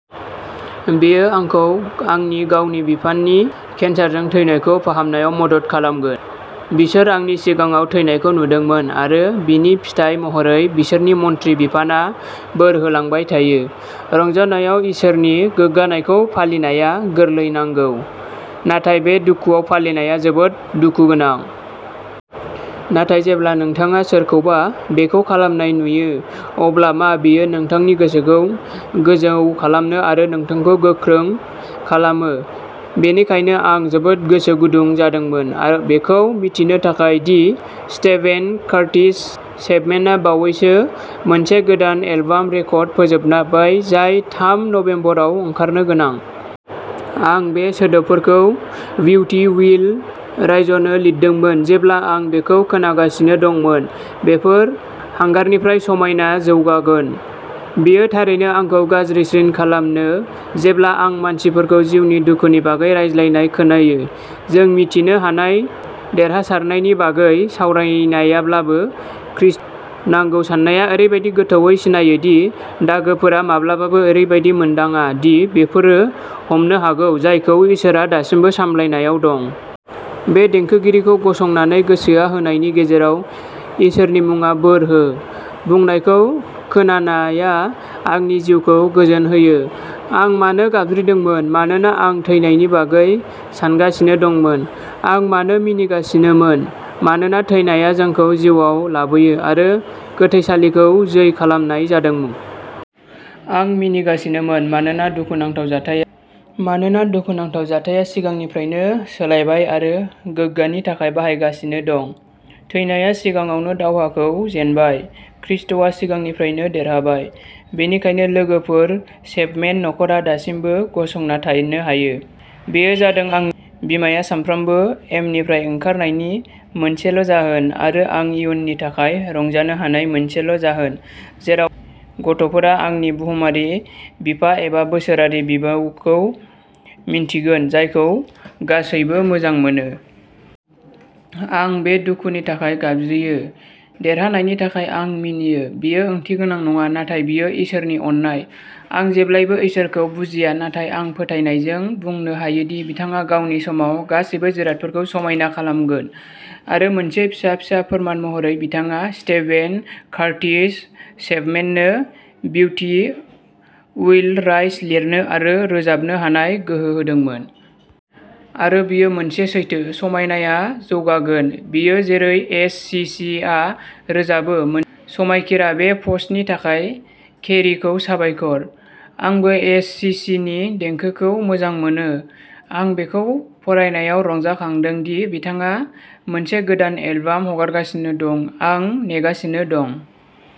बेयो आंखौ आंनि गावनि बिफानि केन्सारजों थैनायखौ फाहामनायाव मदद खालामगोन। बिसोर आंनि सिगाङाव थैनायखौ नुदोंमोन आरो बिनि फिथाइ महरै बिसोरनि मन्थ्रि बिफाना बोर होलांबाय थायो। रंजानायाव इसोरनि गोग्गानायखौ फालिनाया गोरलै नंगौ। नाथाय बे दुखुआव फालिनाया जोबोद दुखु गोनां। नाथाय जेब्ला नोंथाङा सोरखौबा बेखौ खालामनाय नुयो अब्ला मा बेयो नोंथांनि गोसोखौ गोजौ खालामो आरो नोंथांखौ गोख्रों खालामो? बेनिखायनो आं जोबोद गोसो गुदुं जादोंमोन बेखौ मिथिनो थाखाय दि स्टेभेन कार्टिस चेपमेनआ बावैसो मोनसे गोदान एलबाम रेकर्डिं फोजोबबाय जाय थाम नबेम्बर आव ओंखारनो गोनां। आं बे सोदोबफोरखौ बिउटि विल राइजनो लिरदोंमोन जेब्ला आं बेखौ खोनागासिनो दंमोन। बेफोर हांगारनिफ्राय समायनाया जौगागोन। बेयो थारैनो आंखौ गाज्रिसिन खालामो जेब्ला आं मानसिफोरखौ जिउनि दुखुनि बागै रायज्लायनाय खोनायो जों मिथिनो हानाय देरहासारनायनि बागै सावरायालाबानो ख्रीष्टआव नंगौ सानाया ओरैबादि गोथौवै सिनायो दि दागोफोरा माब्लाबाबो ओरैबादि मोनदाङा दि बेफोरो हामनो हागौ जायखौ इसोरआ दासिमबो सामलायनायाव दं। बे देंखोगिरिखौ गसंनानै गोसो होनायनि गेजेराव "इसोरनि मुङा बोर हो" बुंनायखौ खोनानाया आंनि जिउखौ गोजोन होयो। आं मानो गाबज्रिदोंमोन? मानोना आं थैनायनि बागै सानगासिनो दंमोन। आं मानो मिनिगासिनोमोन? मानोना थैनाया जोंखौ जिउआव लाबोयो आरो गोथैसालिखौ जै खालामनाय जादों। आं मिनिगासिनोमोन मानोना दुखुनांथाव जाथाया मानोना दुखुनांथाव जाथाया सिगांनिफ्रायनो सोलायबाय आरो गोग्गानि थाखाय बाहायजागासिनो दं। थैनाया सिगाङावनो दावहाखौ जेनबाय। ख्रीष्टआ सिगांनिफ्रायनो देरहाबाय। बेनिखायनो लोगोफोर चेपमेन न'खरा दासिमबो गसंना थानो हायो। बेयो जादों आंनि बिमाया सानफ्रोमबो एमनिफ्राय ओंखारनायनि मोनसेल' जाहोन आरो आं इयुननि थाखाय रंजानो हानाय मोनसेल' जाहोन जेराव गथ'फोरा आंनि बुहुमारि बिफा एबा बिसोरनि बिबौखौ मिन्थिगोन जायखौ गासैबो मोजां मोनो। आं बे दुखुनि थाखाय गाबज्रियो। देरहानायनि थाखाय आं मिनियो। बेयो ओंथिगोनां नङा नाथाय बेयो इसोरनि अननाय। आं जेब्लाबो इसोरखौ बुजिया नाथाय आं फोथायनायजों बुंनो हायोदि बिथाङा गावनि समाव गासैबो जिरादफोरखौ समायना खालामगोन आरो मोनसे फिसा फिसा फोरमान महरै बिथाङा स्टेभेन कार्टिस चेपमेननो बिउटि उइल राइज लिरनो आरो रोजाबनो हानाय गोहो होदोंमोन। आरो बेयो मोनसे सैथो। समायनाया जौगागोन। बेयो, जेरै एस. सि. सि. आ रोजाबो "मोनसे समायखिरा" बे पस्टनि थाखाय केरिखौ साबायखर। आंबो एस. सि. सि. नि देंखोखौ मोजां मोनो। आं बेखौ फरायनायाव रंजाखांदों दि बिथाङा मोनसे गोदान एलबाम हगारगासिनो दं। आं नेगासिनो दं।